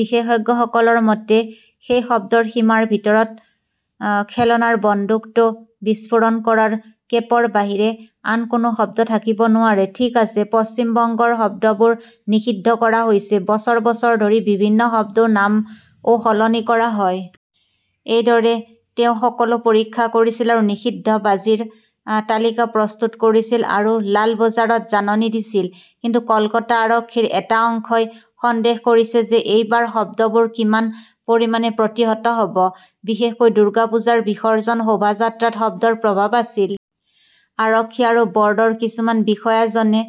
বিশেষজ্ঞসকলৰ মতে সেই শব্দৰ সীমাৰ ভিতৰত খেলনাৰ বন্দুকটো বিস্ফোৰণ কৰাৰ কেপৰ বাহিৰে আন কোনো শব্দ থাকিব নোৱাৰে। ঠিক আছে, পশ্চিম বংগত শব্দবোৰ নিষিদ্ধ কৰা হৈছে। বছৰ বছৰ ধৰি বিভিন্ন শব্দৰ নামও সলনি কৰা হয়। এইদৰে তেওঁ সকলো পৰীক্ষা কৰিছিল আৰু নিষিদ্ধ বাজিৰ তালিকা প্ৰস্তুত কৰিছিল আৰু লাল বজাৰত জাননী দিছিল। কিন্তু কলকাতা আৰক্ষীৰ এটা অংশই সন্দেহ কৰিছে যে এইবাৰ শব্দবোৰ কিমান পৰিমাণে প্ৰতিহত হ 'ব। বিশেষকৈ দুৰ্গা পূজাৰ বিসৰ্জন শোভাযাত্ৰাত শব্দৰ প্ৰভাৱ আছিল। আৰক্ষী আৰু বৰ্ডৰ কিছুমান বিষয়াজনে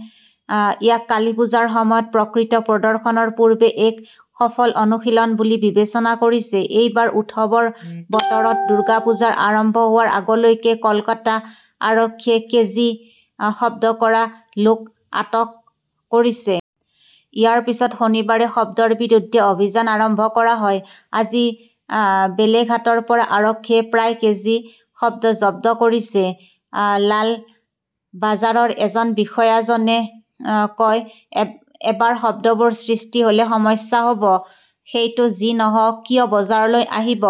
ইয়াক কালীপূজাৰ সময়ত প্ৰকৃত প্ৰদৰ্শনৰ পূৰ্বে এক 'সফল অনুশীলন' বুলি বিবেচনা কৰিছে। এইবাৰ উৎসৱৰ বতৰত দুৰ্গা পূজা আৰম্ভ হোৱাৰ আগলৈকে কলকাতা আৰক্ষীয়ে কেজি শব্দ কৰা লোক আটক কৰিছে। ইয়াৰ পিছত শনিবাৰে শব্দৰ বিৰুদ্ধে অভিযান আৰম্ভ কৰা হয়। আজি বেলেঘাটৰ পৰা আৰক্ষীয়ে প্ৰায় কেজি শব্দ জব্দ কৰিছে। লালবাজাৰৰ এজন বিষয়াজনে কয়, এবাৰ শব্দবোৰ সৃষ্টি হলে সমস্যা হ ব। সেইটো যি নহওক কিয় বজাৰলৈ আহিব।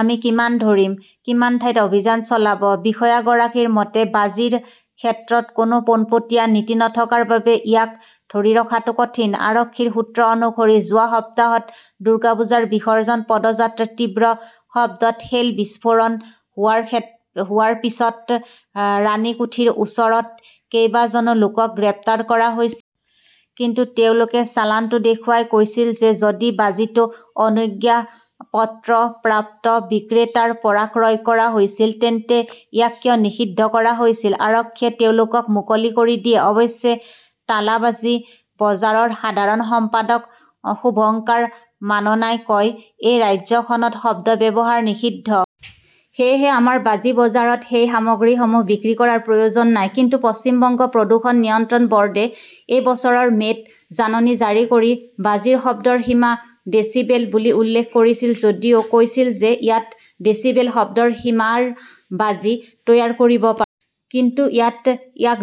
আমি কিমান ধৰিম, কিমান ঠাইত অভিযান চলাব! বিষয়া গৰাকীৰ মতে, বাজিৰ ক্ষেত্ৰত কোনো পোনপটীয়া নীতি নথকাৰ বাবে ইয়াক ধৰি ৰখাটো কঠিন। আৰক্ষীৰ সূত্ৰ অনুসৰি, যোৱা সপ্তাহত দুৰ্গা পূজাৰ বিসৰ্জন পদযাত্ৰাত তীব্ৰ শব্দত শেল বিস্ফোৰণ হোৱাৰ পিছত ৰাণীকুঠিৰ ওচৰত কেইবাজনো লোকক গ্ৰেপ্তাৰ কৰা হৈছিল। কিন্তু তেওঁলোকে চালানটো দেখুৱাই কৈছিল যে যদি বাজিটো অনুজ্ঞাপত্ৰপ্ৰাপ্ত বিক্ৰেতাৰ পৰা ক্ৰয় কৰা হৈছিল, তেন্তে ইয়াক কিয় নিষিদ্ধ কৰা হৈছিল? আৰক্ষীয়ে তেওঁলোকক মুকলি কৰি দিয়ে। অৱশ্যে টালা বাজি বজাৰৰ সাধাৰণ সম্পাদক শুভঙ্কাৰ মাননাই কয়, এই ৰাজ্যখনত শব্দ ব্যৱহাৰ নিষিদ্ধ। সেয়েহে আমাৰ বাজি বজাৰত সেই সামগ্ৰীসমূহ বিক্ৰী কৰাৰ প্ৰয়োজন নাই। কিন্তু পশ্চিম বংগ প্ৰদূষণ নিয়ন্ত্ৰণ বৰ্ডে এই বছৰৰ মে'ত জাননী জাৰি কৰি বাজিৰ শব্দৰ সীমা ডেছিবেল বুলি উল্লেখ কৰিছিল যদিও কৈছিল যে ইয়াত ডেছিবেল শব্দৰ সীমাৰ বাজি তৈয়াৰ কৰিব পাৰি। কিন্তু ইয়াত ইয়াক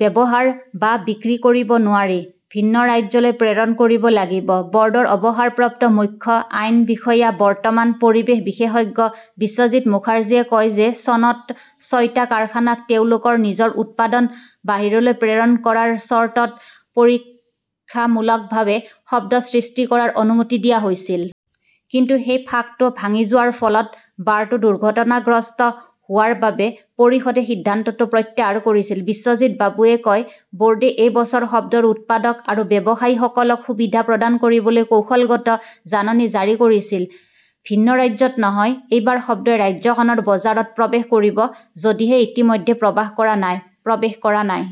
ব্যৱহাৰ বা বিক্ৰী কৰিব নোৱাৰি, ভিন্ন ৰাজ্যলৈ প্ৰেৰণ কৰিব লাগিব। বৰ্ডৰ অৱসৰপ্ৰাপ্ত মুখ্য আইন বিষয়া বৰ্তমান পৰিৱেশ বিশেষজ্ঞ বিশ্বজিত মুখাৰ্জীয়ে কয় যে চনত ছয়টা কাৰখানাক তেওঁলোকৰ নিজৰ উৎপাদন বাহিৰলৈ প্ৰেৰণ কৰাৰ চৰ্তত পৰীক্ষামূলকভাৱে শব্দ সৃষ্টি কৰাৰ অনুমতি দিয়া হৈছিল। কিন্তু সেই ফাঁকটো ভাঙি যোৱাৰ ফলত বাৰটো দুৰ্ঘটনাগ্ৰস্ত হোৱাৰ বাবে পৰিষদে সিদ্ধান্তটো প্ৰত্যাহাৰ কৰিছিল। বিশ্বজিত বাবুৱে কয়, বোৰ্ডে এই বছৰ শব্দৰ উৎপাদক আৰু ব্যৱসায়ীসকলক সুবিধা প্ৰদান কৰিবলৈ কৌশলগত জাননী জাৰি কৰিছিল। ভিন্ন ৰাজ্যত নহয়, এইবাৰ শব্দই ৰাজ্যখনৰ বজাৰত প্ৰৱেশ কৰিব, যদিহে ইতিমধ্যে প্ৰৱেশ কৰা নাই।